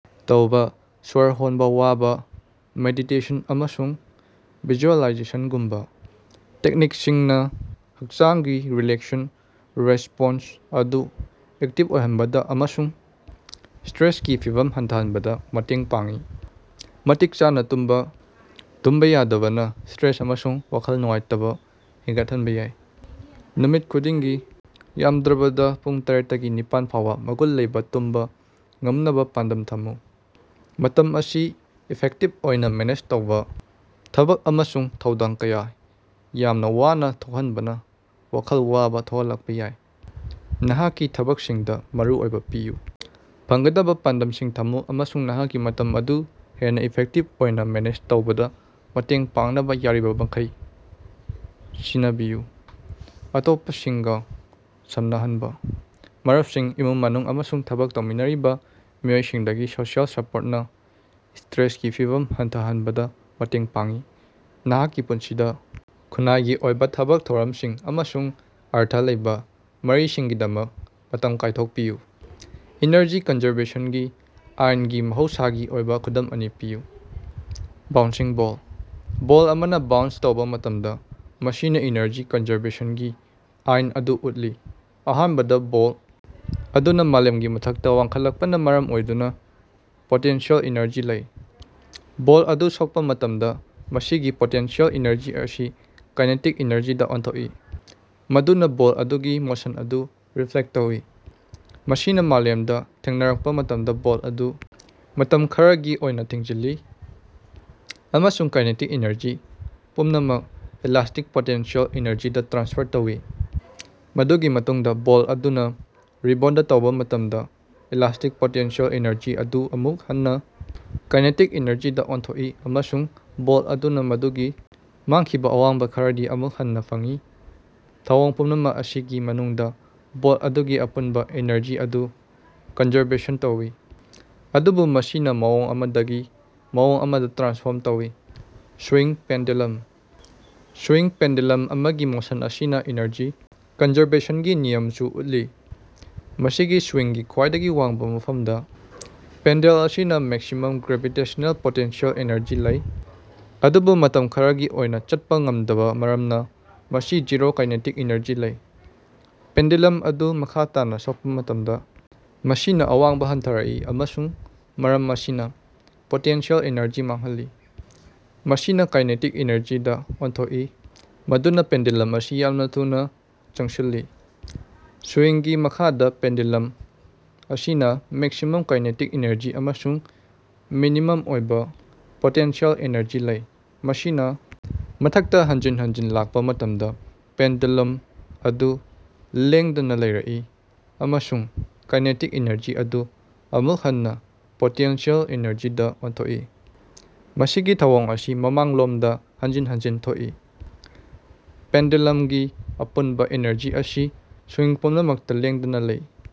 ꯇꯧꯕꯥ ꯁ꯭ꯋꯔ ꯍꯣꯟꯕ ꯋꯥꯕ, ꯃꯦꯗꯤꯇꯦꯁꯟ, ꯑꯃꯁꯨꯡ ꯚꯤꯖꯨꯑꯦꯂꯥꯏꯖꯦꯁꯟꯒꯨꯝꯕ ꯇꯦꯛꯅꯤꯛꯁꯤꯡꯅ ꯍꯛꯆꯥꯡꯒꯤ ꯔꯤꯂꯦꯛꯁꯟ ꯔꯦꯁ꯭ꯄꯣꯟꯁ ꯑꯗꯨ ꯑꯦꯛꯇꯤꯚ ꯑꯣꯏꯍꯟꯕꯗ ꯑꯃꯁꯨꯡ ꯁ꯭ꯇꯔꯦꯁꯀꯤ ꯐꯤꯚꯝ ꯍꯟꯊꯍꯟꯕꯗ ꯃꯇꯦꯡ ꯄꯥꯡꯏ꯫ ꯃꯇꯤꯛ ꯆꯥꯅ ꯇꯨꯝꯕꯥ: ꯇꯨꯝꯕ ꯌꯥꯗꯕꯅ ꯁ꯭ꯇꯔꯦꯁ ꯑꯃꯁꯨꯡ ꯋꯥꯈꯜ ꯅꯨꯡꯉꯥꯏꯇꯕ ꯍꯦꯟꯒꯠꯍꯟꯕ ꯌꯥꯏ꯫ ꯅꯨꯃꯤꯠ ꯈꯨꯗꯤꯡꯒꯤ ꯌꯥꯝꯗ꯭ꯔꯕꯗ ꯄꯨꯡ ꯇꯔ‌ꯦꯠꯇꯒꯤ ꯅꯤꯄꯥꯟ ꯐꯥꯎꯕ ꯃꯒꯨꯟ ꯂꯩꯕ ꯇꯨꯝꯕ ꯉꯝꯅꯕ ꯄꯥꯟꯗꯝ ꯊꯝꯃꯨ꯫ ꯃꯇꯝ ꯑꯁꯤ ꯏꯐꯦꯛꯇꯤꯕ ꯑꯣꯏꯅ ꯃꯦꯅꯦꯖ ꯇꯧꯕꯥ ꯊꯕꯛ ꯑꯃꯁꯨꯡ ꯊꯧꯗꯥꯡ ꯀꯌꯥ ꯌꯥꯝꯅ ꯋꯥꯅ ꯊꯣꯛꯍꯟꯕꯅ ꯋꯥꯈꯜ ꯋꯥꯕ ꯊꯣꯛꯍꯜꯂꯛꯄꯥ ꯌꯥꯏ꯫ ꯅꯍꯥꯛꯀꯤ ꯊꯕꯛꯁꯤꯡꯗ ꯃꯔꯨ ꯑꯣꯏꯕ ꯄꯤꯌꯨ ꯐꯪꯒꯗꯕ ꯄꯥꯟꯗꯝꯁꯤꯡ ꯊꯝꯃꯨ ꯑꯃꯁꯨꯡ ꯅꯍꯥꯛꯀꯤ ꯃꯇꯝ ꯑꯗꯨ ꯍꯦꯟꯅ ꯏꯐꯦꯛꯇꯤꯕ ꯑꯣꯏꯅ ꯃꯦꯅꯦꯖ ꯇꯧꯕꯗ ꯃꯇꯦꯡ ꯄꯥꯡꯅꯕ ꯌꯥꯔꯤꯕꯃꯈꯩ ꯁꯤꯟꯅꯕꯤꯌꯨ꯫ ꯑꯇꯣꯞꯄꯁꯤꯡꯒ ꯁꯝꯅꯍꯟꯕꯥ: ꯃꯔꯨꯞꯁꯤꯡ, ꯏꯃꯨꯡ-ꯃꯅꯨꯡ ꯑꯃꯁꯨꯡ ꯊꯕꯛ ꯇꯧꯃꯤꯟꯅꯔꯤꯕ ꯃꯤꯑꯣꯏꯁꯤꯡꯗꯒꯤ ꯁꯣꯁꯤꯑꯦꯜ ꯁꯄꯣꯔꯠꯅꯥ ꯁ꯭ꯇꯔꯦꯁꯀꯤ ꯐꯤꯚꯝ ꯍꯟꯊꯍꯟꯕꯗ ꯃꯇꯦꯡ ꯄꯥꯡꯏ꯫ ꯅꯍꯥꯛꯀꯤ ꯄꯨꯟꯁꯤꯗ ꯈꯨꯟꯅꯥꯏꯒꯤ ꯑꯣꯏꯕ ꯊꯕꯛ ꯊꯧꯔꯝꯁꯤꯡ ꯑꯃꯁꯨꯡ ꯑꯔꯊ ꯂꯩꯕꯥ ꯃꯔꯤꯁꯤꯡꯒꯤꯗꯃꯛ ꯃꯇꯝ ꯀꯥꯏꯊꯣꯛꯄꯤꯌꯨ꯫ ꯏꯅꯔꯖꯤ ꯀꯟꯖꯔꯕꯦꯁꯟꯒꯤ ꯑꯥꯏꯟꯒꯤ ꯃꯍꯧꯁꯥꯒꯤ ꯑꯣꯏꯕ ꯈꯨꯗꯝ ꯑꯅꯤ ꯄꯤꯌꯨ꯫ ꯕꯥꯎꯟꯁꯤꯡ ꯕ‌ꯣꯜ: ꯕꯣꯜ ꯑꯃꯅ ꯕꯥꯎꯟꯁ ꯇꯧꯕ ꯃꯇꯝꯗ, ꯃꯁꯤꯅ ꯏꯅꯔꯖꯤ ꯀꯟꯖꯥꯔꯕꯦꯁꯟꯒꯤ ꯑꯥꯏꯟ ꯑꯗꯨ ꯎꯠꯂꯤ꯫ ꯑꯍꯥꯟꯕꯗ, ꯕꯣꯜ ꯑꯗꯨꯅ ꯃꯥꯂꯦꯝꯒꯤ ꯃꯊꯛꯇ ꯋꯥꯡꯈꯠꯂꯛꯄꯅ ꯃꯔꯝ ꯑꯣꯏꯗꯨꯅ ꯄꯣꯇꯦꯟꯁꯤꯑꯦꯜ ꯑꯦꯅꯔꯖꯤ ꯂꯩ꯫ ꯕꯣꯜ ꯑꯗꯨ ꯁꯣꯛꯄꯥ ꯃꯇꯝꯗ, ꯃꯁꯤꯒꯤ ꯄꯣꯇꯦꯟꯁꯤꯑꯦꯜ ꯑꯦꯅꯔꯖꯤ ꯑꯁꯤ ꯀꯥꯏꯅꯦꯇꯤꯛ ꯑꯦꯅꯔꯖꯤꯗ ꯑꯣꯟꯊꯣꯛꯏ, ꯃꯗꯨꯅ ꯕꯣꯜ ꯑꯗꯨꯒꯤ ꯃꯣꯁꯟ ꯑꯗꯨ ꯔꯤꯐ꯭ꯂꯦꯛ ꯇꯧꯏ꯫ ꯃꯁꯤꯅꯥ ꯃꯥꯂꯦꯝꯗ ꯊꯦꯡꯅꯔꯛꯄ ꯃꯇꯝꯗꯥ, ꯕꯣꯜ ꯑꯗꯨ ꯃꯇꯝ ꯈꯔꯒꯤ ꯑꯣꯏꯅꯥ ꯊꯤꯡꯖꯤꯜꯂꯤ, ꯑꯃꯁꯨꯡ ꯀꯥꯏꯅꯦꯇꯤꯛ ꯑꯦꯅꯔꯖꯤ ꯄꯨꯝꯅꯃꯛ ꯏꯂꯥꯁ꯭ꯇꯤꯛ ꯄꯣꯇꯦꯟꯁꯤꯑꯦꯜ ꯑꯦꯅꯔꯖꯤꯗ ꯇ꯭ꯔꯥꯟꯁꯐꯔ ꯇꯧꯏ꯫ ꯃꯗꯨꯒꯤ ꯃꯇꯨꯡꯗꯥ, ꯕꯣꯜ ꯑꯗꯨꯅ ꯔꯤꯕꯣꯟꯗ ꯇꯧꯕ ꯃꯇꯝꯗ, ꯏꯂꯥꯁ꯭ꯇꯤꯛ ꯄꯣꯇꯦꯟꯁꯤꯑꯦꯜ ꯑꯦꯅꯔꯖꯤ ꯑꯗꯨ ꯑꯃꯨꯛ ꯍꯟꯅ ꯀꯥꯏꯅꯦꯇꯤꯛ ꯑꯦꯅꯔꯖꯤꯗ ꯑꯣꯟꯊꯣꯛꯏ, ꯑꯃꯁꯨꯡ ꯕꯣꯜ ꯑꯗꯨꯅ ꯃꯗꯨꯒꯤ ꯃꯥꯡꯈꯤꯕ ꯑꯋꯥꯡꯕ ꯈꯔꯗꯤ ꯑꯃꯨꯛ ꯍꯟꯅꯥ ꯐꯪꯏ꯫ ꯊꯧꯑꯣꯡ ꯄꯨꯝꯅꯃꯛ ꯑꯁꯤꯒꯤ ꯃꯅꯨꯡꯗꯥ, ꯕꯣꯜ ꯑꯗꯨꯒꯤ ꯑꯄꯨꯟꯕ ꯑꯦꯅꯔꯖꯤ ꯑꯗꯨ ꯀꯟꯖꯔꯕꯦꯁꯟ ꯇꯧꯏ, ꯑꯗꯨꯕꯨ ꯃꯁꯤꯅ ꯃꯑꯣꯡ ꯑꯃꯗꯒꯤ ꯃꯑꯣꯡ ꯑꯃꯗ ꯇ꯭ꯔꯥꯟꯁꯐꯣꯔꯝ ꯇꯧꯏ꯫ ꯁꯨꯋꯤꯡ ꯄꯦꯟꯗꯦꯂꯝ: ꯁꯨꯋꯤꯡ ꯄꯦꯟꯗ‌ꯦꯂꯝ ꯑꯃꯒꯤ ꯃꯣꯁꯟ ꯑꯁꯤꯅ ꯏꯅꯔꯖꯤ ꯀꯟꯖꯔꯕꯦꯁꯟꯒꯤ ꯅꯤꯌꯝꯁꯨ ꯎꯠꯂꯤ꯫ ꯃꯁꯤꯒꯤ ꯁꯨꯋꯤꯡꯒꯤ ꯈ꯭ꯋꯥꯏꯗꯒꯤ ꯋꯥꯡꯕ ꯃꯐꯝꯗ, ꯄꯦꯟꯗꯦꯜ ꯑꯁꯤꯅ ꯃꯦꯛꯁꯤꯃꯝ ꯒ꯭ꯔꯦꯚꯤꯇꯦꯁꯅꯦꯜ ꯄꯣꯇꯦꯟꯁꯤꯑꯦꯜ ꯑꯦꯅꯔꯖꯤ ꯂꯩ, ꯑꯗꯨꯕꯨ ꯃꯇꯝ ꯈꯔꯒꯤ ꯑꯣꯏꯅ ꯆꯠꯄ ꯉꯝꯗꯕꯥ ꯃꯔꯝꯅ ꯃꯁꯤꯅꯥ ꯖꯤꯔꯣ ꯀꯥꯏꯅꯦꯇꯤꯛ ꯑꯦꯅꯔꯖꯤ ꯂꯩ꯫ ꯄꯦꯟꯗꯦꯂꯝ ꯑꯗꯨꯅ ꯃꯈꯥ ꯇꯥꯅ ꯁꯣꯛꯄꯥ ꯃꯇꯝꯗ ꯃꯁꯤꯅ ꯑꯋꯥꯡꯕ ꯍꯟꯊꯔꯛꯏ ꯑꯃꯁꯨꯡ ꯃꯔꯝ ꯑꯁꯤꯅ ꯄꯣꯇꯦꯟꯁꯤꯑꯦꯜ ꯑꯦꯅꯔꯖꯤ ꯃꯥꯡꯍꯜꯂꯤ꯫ ꯃꯁꯤꯅꯥ ꯀꯥꯏꯅꯦꯇꯤꯛ ꯑꯦꯅꯔꯖꯤꯗꯥ ꯑꯣꯟꯊꯣꯛꯏ, ꯃꯗꯨꯅ ꯄꯦꯟꯗꯦꯂꯝ ꯑꯁꯤ ꯌꯥꯝꯅ ꯊꯨꯅꯥ ꯆꯪꯁꯤꯜꯂꯤ꯫ ꯁꯨꯋꯤꯡꯒꯤ ꯃꯈꯥꯗ, ꯄꯦꯟꯗꯨꯂꯝ ꯑꯁꯤꯅ ꯃꯦꯛꯁꯤꯃꯝ ꯀꯥꯏꯅꯦꯇꯤꯛ ꯑꯦꯅꯔꯖꯤ ꯑꯃꯁꯨꯡ ꯃꯤꯅꯤꯃꯝ ꯑꯣꯏꯕ ꯄꯣꯇꯦꯟꯁꯤꯑꯦꯜ ꯑꯦꯅꯔꯖꯤ ꯂꯩ꯫ ꯃꯁꯤꯅ ꯃꯊꯛꯇꯥ ꯍꯟꯖꯤꯟ ꯍꯟꯖꯤꯟ ꯂꯥꯛꯄꯥ ꯃꯇꯝꯗꯥ, ꯄꯦꯟꯗꯨꯂꯝ ꯑꯗꯨ ꯂꯦꯡꯗꯅꯥ ꯂꯩꯔꯛꯏ, ꯑꯃꯁꯨꯡ ꯀꯥꯏꯅꯦꯇꯤꯛ ꯑꯦꯅꯔꯖꯤ ꯑꯗꯨ ꯑꯃꯨꯛ ꯍꯟꯅꯥ ꯄꯣꯇꯦꯟꯁꯤꯑꯦꯜ ꯑꯦꯅꯔꯖꯤꯗꯥ ꯑꯣꯟꯊꯣꯛꯏ꯫ ꯃꯁꯤꯒꯤ ꯊꯧꯑꯣꯡ ꯑꯁꯤ ꯃꯃꯥꯡꯂꯣꯝꯗꯥ ꯍꯟꯖꯤꯟ ꯍꯟꯖꯤꯟ ꯊꯣꯛꯏ, ꯄꯦꯟꯗꯦꯂꯝꯒꯤ ꯑꯄꯨꯟꯕꯥ ꯑꯦꯅꯔꯖꯤ ꯑꯁꯤ ꯁꯨꯋꯤꯡ ꯄꯨꯝꯅꯃꯛꯇ ꯂꯦꯡꯗꯅ ꯂꯩ꯫